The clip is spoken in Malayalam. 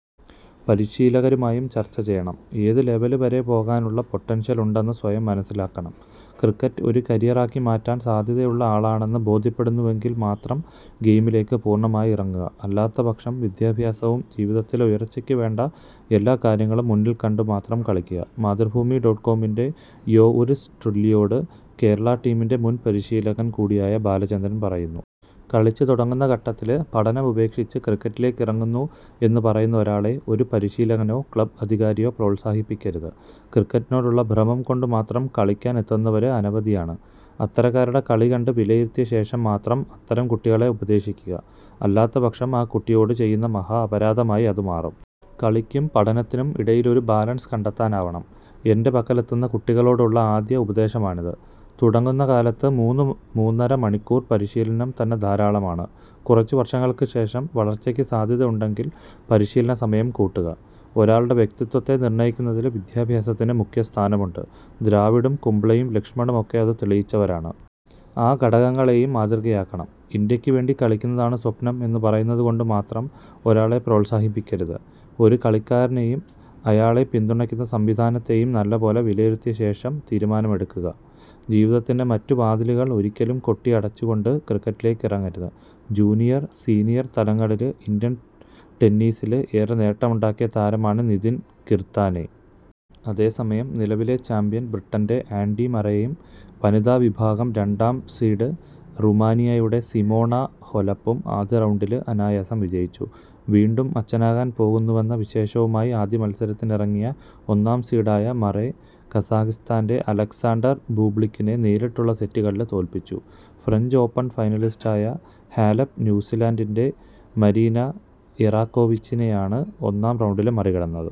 പരിശീലകരുമായും ചര്ച്ച ചെയ്യണം. ഏതു ലെവല് വരെ പോകാനുള്ള പൊട്ടന്ഷ്യല് ഉണ്ടെന്ന് സ്വയം മനസ്സിലാക്കണം. ക്രിക്കറ്റ് ഒരു കരിയറാക്കി മാറ്റാന് സാധ്യതയുള്ള ആളാണെന്ന് ബോധ്യപ്പെടുന്നുവെങ്കില് മാത്രം ഗെയിമിലേക്ക് പൂര്ണമായി ഇറങ്ങുക. അല്ലാത്തപക്ഷം വിദ്യാഭ്യാസവും ജീവിതത്തില് ഉയര്ച്ചക്ക് വേണ്ട എല്ലാ കാര്യങ്ങളും മുന്നില് കണ്ടുമാത്രം കളിക്കുക'' മാതൃഭൂമി ഡോട്ട് കോമിന്റെ യൊഉര്സ് ട്രുല്യ് യോട് കേരളാ ടീമിന്റെ മുന്പരിശീലകന് കൂടിയായ ബാലചന്ദ്രന് പറയുന്നു. കളിച്ചു തുടങ്ങുന്ന ഘട്ടത്തില് പഠനമുപേക്ഷിച്ച് ക്രിക്കറ്റിലേക്കിറങ്ങുന്നു എന്ന് പറയുന്ന ഒരാളെ ഒരു പരിശീലകനോ ക്ലബ് അധികാരിയോ പ്രോത്സാഹിപ്പിക്കരുത്. ക്രിക്കറ്റിനോടുള്ള ഭ്രമം കൊണ്ടുമാത്രം കളിക്കാന് എത്തുന്നവര് അനവധിയാണ്. അത്തരക്കാരുടെ കളി കണ്ട് വിലയിരുത്തിയശേഷം മാത്രം അത്തരം കുട്ടികളെ ഉപദേശിക്കുക. അല്ലാത്തപക്ഷം ആ കുട്ടിയോടു ചെയ്യുന്ന മഹാഅപരാധമായി അതു മാറും. കളിക്കും പഠനത്തിനും ഇടയിലൊരു ബാലൻസ് കണ്ടെത്താനാവണം. എന്റെ പക്കലെത്തുന്ന കുട്ടികളോടുള്ള ആദ്യ ഉപദേശമാണിത്. തുടങ്ങുന്ന കാലത്ത് മൂന്നുമൂന്നര മണിക്കൂര് പരിശീലനം തന്നെ ധാരാളമാണ്. കുറച്ച് വര്ഷങ്ങള്ക്ക് ശേഷം വളര്ച്ചയ്ക്ക് സാധ്യത ഉണ്ടെങ്കില് പരിശീലന സമയം കൂട്ടുക. ഒരാളുടെ വ്യക്തിത്വത്തെ നിര്ണയിക്കുന്നതില് വിദ്യാഭ്യാസത്തിന് മുഖ്യസ്ഥാനമുണ്ട്. ദ്രാവിഡും കുംബ്ലെയും ലക്ഷ്മണുമൊക്കെ അതു തെളിയിച്ചവരാണ്. ആ ഘടകങ്ങളെയും മാതൃകയാക്കണം. ഇന്ത്യയ്ക്ക് വേണ്ടി കളിക്കുന്നതാണ് സ്വപ്നം എന്നു പറയുന്നതു കൊണ്ട് മാത്രം ഒരാളെ പ്രോത്സാഹിപ്പിക്കരുത്. ഒരു കളിക്കാരനെയും അയാളെ പിന്തുണയ്ക്കുന്ന സംവിധാനത്തെയും നല്ല പോലെ വിലയിരുത്തിയശേഷം തീരുമാനമെടുക്കുക. ജീവിതത്തിന്റെ മറ്റു വാതിലുകള് ഒരിക്കലും കൊട്ടിയടച്ചുകൊണ്ട് ക്രിക്കറ്റിലേക്കിറങ്ങരുത്. ജൂനിയര്, സീനിയര് തലങ്ങളില് ഇന്ത്യന് ടെന്നീസില് ഏറെ നേട്ടമുണ്ടാക്കിയ താരമാണ് നിതിന് കിര്താനെ. അതേസമയം നിലവിലെ ചാമ്പ്യന് ബ്രിട്ടന്റെ ആന്ഡി മറെയും വനിതാവിഭാഗം രണ്ടാം സീഡ് റുമാനിയയുടെ സിമോണ ഹാെലപ്പും ആദ്യ റൗണ്ടില് അനായാസം വിജയിച്ചു. വീണ്ടും അച്ഛനാകാന് പോകുന്നുവെന്ന വിശേഷവുമായി ആദ്യമത്സരത്തിനിറങ്ങിയ ഒന്നാം സീഡായ മറെ കസാഖ്സ്താന്റെ അലക്സാണ്ടര് ബൂബ്ലിക്കിനെ നേരിട്ടുള്ള സെറ്റുകളില് തോല്പിച്ചു. ഫ്രഞ്ച് ഓപ്പണ് ഫൈനലിസ്റ്റായ ഹാലെപ് ന്യൂസീലന്ഡിന്റെ മരീന എറാക്കോവിച്ചിനെയാണ് ഒന്നാം റൗണ്ടില് മറികടന്നത്.